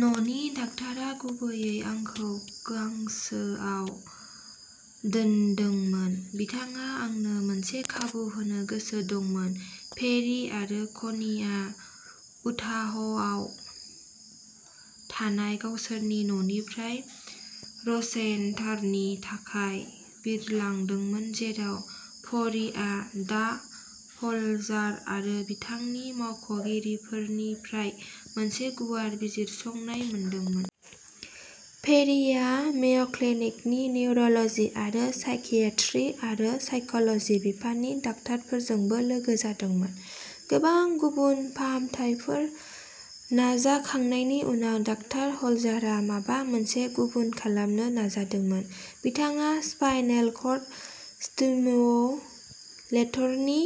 "न'नि डाक्ट'रा गुबैयै आंखौ गांसोआव दोनदोंमोन। बिथाङा आंनो मोनसे खाबु होनो गोसो दंमोन। " पेरी आरो क'नीआ उटाहआव थानाय गावसोरनि न'निफ्राय रचेस्टारनि थाखाय बिरलांदोंमोन, जेराव पेरीआ डा. ह'लजार आरो बिथांनि मावख'गिरिफोरनिफ्राय मोनसे गुवार बिजिरसंनाय मोनदोंमोन। पेरीआ मेय'क्लिनिकनि निउर'ल'जी, आरो साइकियाट्री आरो साइकोल'जी बिफाननि डाक्टारफोरजोंबो लोगो जादोंमोन। गोबां गुबुन फाहामथायफोर नाजाखांनायनि उनाव, डा. ह'लजारआ माबा मोनसे गुबुन खालामनो नाजादोंमोन। बिथाङा स्पाइनेल कर्ड स्टिमुलेटरनि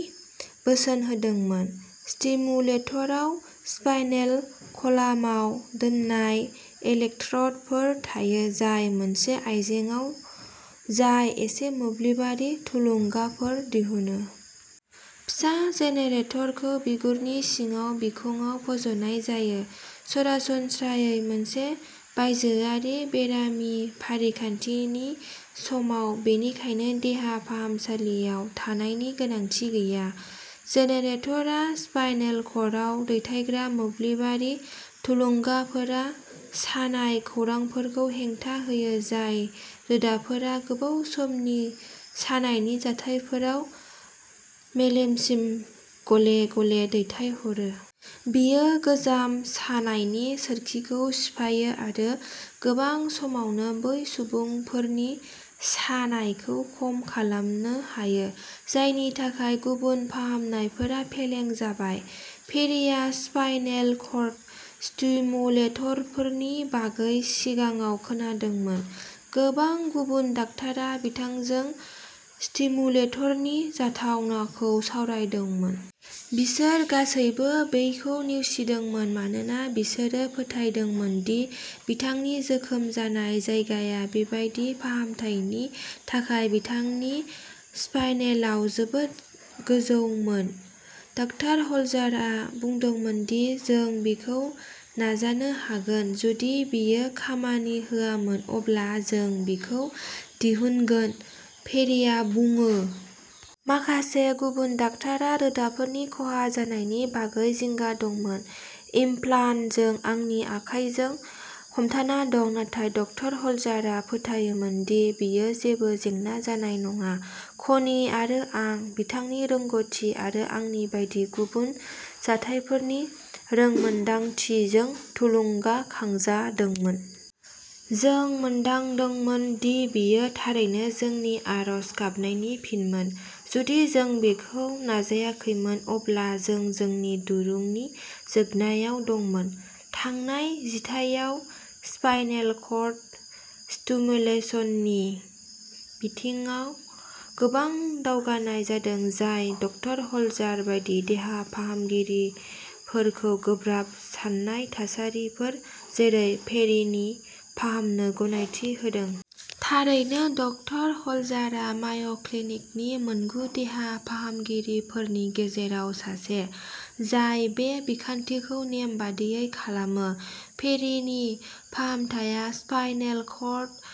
बोसोन होदोंमोन। स्टिमुलेटराव स्पाइनेल कलामाव दोननाय इलेक्ट्र'डफोर थायो, जाय मोनसे आयजेंआव जाय एसे मोब्लिबारि थुलुंगाफोर दिहुनो। फिसा जेनेरेटरखौ बिगुरनि सिङाव बिखुंआव फज'नाय जायो, सरासनस्रायै मोनसे बायजोआरि बेरामि फारिखान्थिनि समाव, बेनिखायनो देहा फाहामसालियाव थानायनि गोनांथि गैया। जेनेरेटरआ स्पाइनेल कर्डआव दैथायग्रा मोब्लिबारि थुलुंगाफोरा सानाय खौरांफोरखौ हेंथा होयो, जाय रोदाफोरा गोबाव समनि सानायनि जाथायफोराव मेलेमसिम गले-गले दैथायहरो। बेयो गोजाम सानायनि सोरखिखौ सिफायो आरो गोबां समावनो बै सुबुंफोरनि सानायखौ खम खालामनो हायो, जायनि थाखाय गुबुन फाहामनायफोरा फेलें जाबाय। पेरीआ स्पाइनेल कर्ड स्टिमुलेटरफोरनि बागै सिगाङाव खोनादोंमोन। गोबां गुबुन डाक्टरा बिथांजों स्टिमुलेटरनि जाथावनाखौ सावरायदोंमोन। बिसोर गासैबो बेखौ नेवसिदोंमोन मानोना बिसोरो फोथायदोंमोन दि बिथांनि जोखोम जानाय जायगाया बेबादि फाहामथायनि थाखाय बिथांनि स्पाइनेलाव जोबोद गोजौमोन। "डा. ह'लजारआ बुंदोंमोन दि जों बेखौ नाजानो हागोन। जुदि बेयो खामानि होआमोन, अब्ला जों बेखौ दिहुनगोन", पेरीआ बुङो। "माखासे गुबुन डाक्टरा रोदाफोरनि खहा जानायनि बागै जिंगा दंमोन। इमप्लान्टजों आंनि आखाइजों हमथाना दं। नाथाय ड. ह'लजारआ फोथायोमोन दि बेयो जेबो जेंना जानाय नङा। कनि आरो आं बिथांनि रोंग'थि आरो आंनि बायदि गुबुन जाथायफोरनि रोंमोनदांथिजों थुलुंगाखांजादोंमोन। जों मोनदांदोंमोन दि बेयो थारैनो जोंनि आरज गाबनायनि फिनमोन। जुदि जों बेखौ नाजायाखैमोन, अब्ला जों जोंनि दिरुंनि जोबनायाव दंमोन। "थांनाय जिथाइयाव स्पाइनेल कर्ड स्टिमुलेसननि बिथिङाव गोबां दावगानाय जादों जाय ड. ह'लजार बायदि देहा फाहामगिरिफोरखौ गोब्राब सानाय थासारिफोर, जेरै पेरिनि फाहामनो गनायथि होदों। थारैनो, ड. ह'लजारआ माय'क्लिनिकनि मोनगु देहा फाहामगिरिफोरनि गेजेराव सासे जाय बे बिखान्थिखौ नेमबादियै खालामो। पेरिनि फाहामथाया स्पाइनेल कर्ड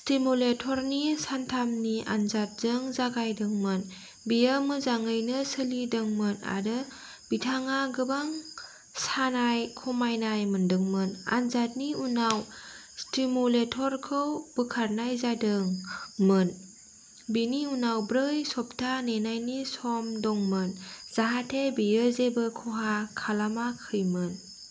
स्टिमुलेटरनि सानथामनि आनजादजों जागायदोंमोन। बेयो मोजाङैनो सोलिदोंमोन, आरो बिथाङा गोबां सानाय खमायनाय मोनदांदोंमोन। आनजादनि उनाव, स्टिमुलेटरखौ बोखारनाय जादोंमोन, बेनि उनाव ब्रै सप्ता नेनायनि सम दंमोन जाहाथे बेयो जेबो खहा खालामाखैमोन।